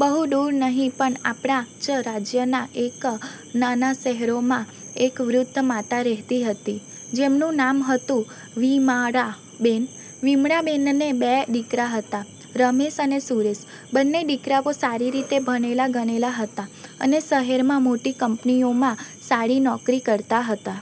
બહુ દૂર નહીં પણ આપણા જ રાજ્યના એક નાના શહેરમાં એક વૃદ્ધ માતા રહેતી હતી, જેમનું નામ હતું વિમળાબેન. વિમળાબેનને બે દીકરા હતા – રમેશ અને સુરેશ. બંને દીકરાઓ સારી રીતે ભણેલા-ગણેલા હતા અને શહેરમાં મોટી કંપનીઓમાં સારી નોકરી કરતા હતા.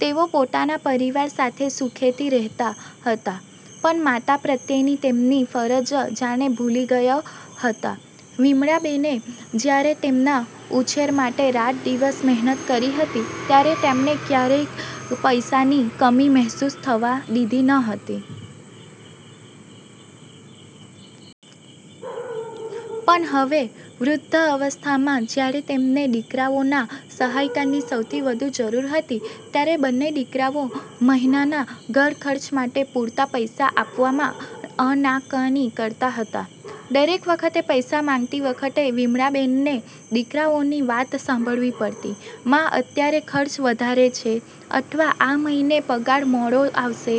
તેઓ પોતાના પરિવાર સાથે સુખેથી રહેતા હતા, પણ માતા પ્રત્યેની તેમની ફરજ જાણે ભૂલી ગયા હતા. વિમળાબેન જ્યારે તેમના ઉછેર માટે રાત-દિવસ મહેનત કરી હતી, ત્યારે તેમણે ક્યારેય પૈસાની કમી મહેસૂસ થવા દીધી નહોતી. પણ હવે, વૃદ્ધાવસ્થામાં જ્યારે તેમને દીકરાઓના સહકારની સૌથી વધુ જરૂર હતી, ત્યારે બંને દીકરાઓ મહિનાના ઘરખર્ચ માટે પૂરતા પૈસા આપવામાં આનાકાની કરતા હતા. દરેક વખતે પૈસા માંગતી વખતે વિમળાબેનને દીકરાઓની વાત સાંભળવી પડતી: મા, અત્યારે ખર્ચ વધારે છે, અથવા "આ મહિને પગાર મોડો આવશે"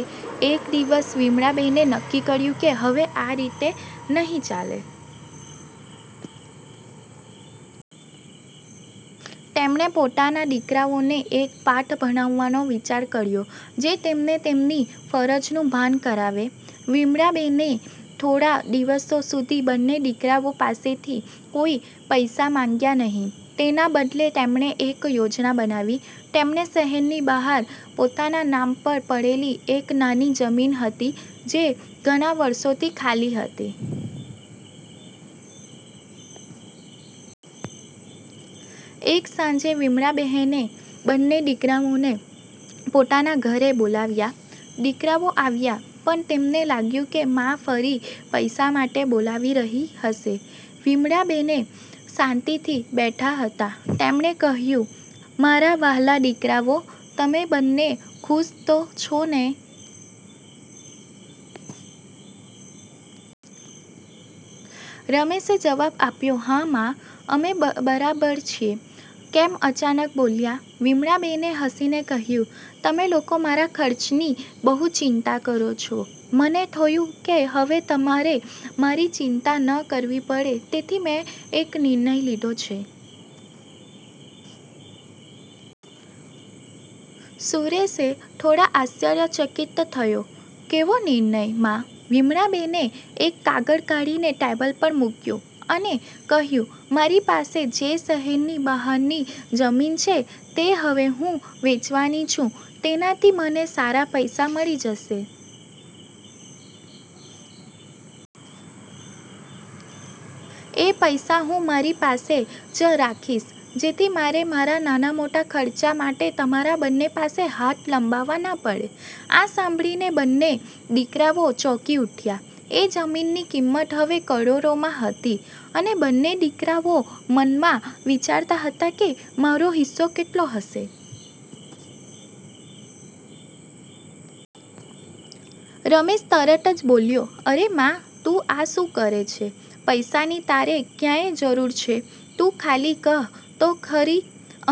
એક દિવસ વિમળાબેને નક્કી કર્યું કે હવે આ રીતે નહીં ચાલે. તેમણે પોતાના દીકરાઓને એક પાઠ ભણાવવાનો વિચાર કર્યો, જે તેમને તેમની ફરજનું ભાન કરાવે. વિમળાબેને થોડા દિવસો સુધી બંને દીકરાઓ પાસેથી કોઈ પૈસા માંગ્યા નહીં. તેના બદલે, તેમણે એક યોજના બનાવી. તેમણે શહેરની બહાર પોતાના નામ પર પડેલી એક નાની જમીન હતી, જે ઘણા વર્ષોથી ખાલી હતી. એક સાંજે વિમળાબેને બંને દીકરાઓને પોતાના ઘરે બોલાવ્યા. દીકરાઓ આવ્યા, પણ તેમને લાગ્યું કે મા ફરી પૈસા માટે બોલાવી રહી હશે. વિમળાબેન શાંતિથી બેઠા હતા. તેમણે કહ્યું, મારા વહાલા દીકરાઓ, તમે બંને ખુશ તો છો ને? રમેશે જવાબ આપ્યો, હા મા, અમે બરાબર છીએ. કેમ અચાનક બોલાવ્યા? વિમળાબેને હસીને કહ્યું, તમે લોકો મારા ખર્ચની બહુ ચિંતા કરો છો. મને થયું કે હવે તમારે મારી ચિંતા ન કરવી પડે, તેથી મેં એક નિર્ણય લીધો છે. સુરેશ થોડો આશ્ચર્યચકિત થયો, કેવો નિર્ણય, મા? વિમળાબેને એક કાગળ કાઢીને ટેબલ પર મૂક્યો અને કહ્યું, મારી પાસે જે શહેરની બહારની જમીન છે, તે હવે હું વેચવાની છું. તેનાથી મને સારા પૈસા મળી જશે. એ પૈસા હું મારી પાસે જ રાખીશ, જેથી મારે મારા નાના-મોટા ખર્ચા માટે તમારા બંને પાસે હાથ લંબાવવો ન પડે. આ સાંભળીને બંને દીકરાઓ ચોંકી ઉઠ્યા. એ જમીનની કિંમત હવે કરોડોમાં હતી, અને બંને દીકરાઓ મનમાં વિચારતા હતા કે મારો હિસ્સો કેટલો હશે. રમેશ તરત જ બોલ્યો, અરે મા! તું આ શું કહે છે? પૈસાની તારે ક્યાં જરૂર છે? તું ખાલી કહે તો ખરી!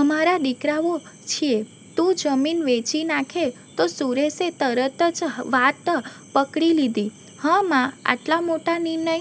અમારા દીકરાઓ છીએ! તું જમીન વેચી નાખે તો! સુરેશે તરત જ વાત પકડી લીધી, હા મા, આટલા મોટા નિર્ણય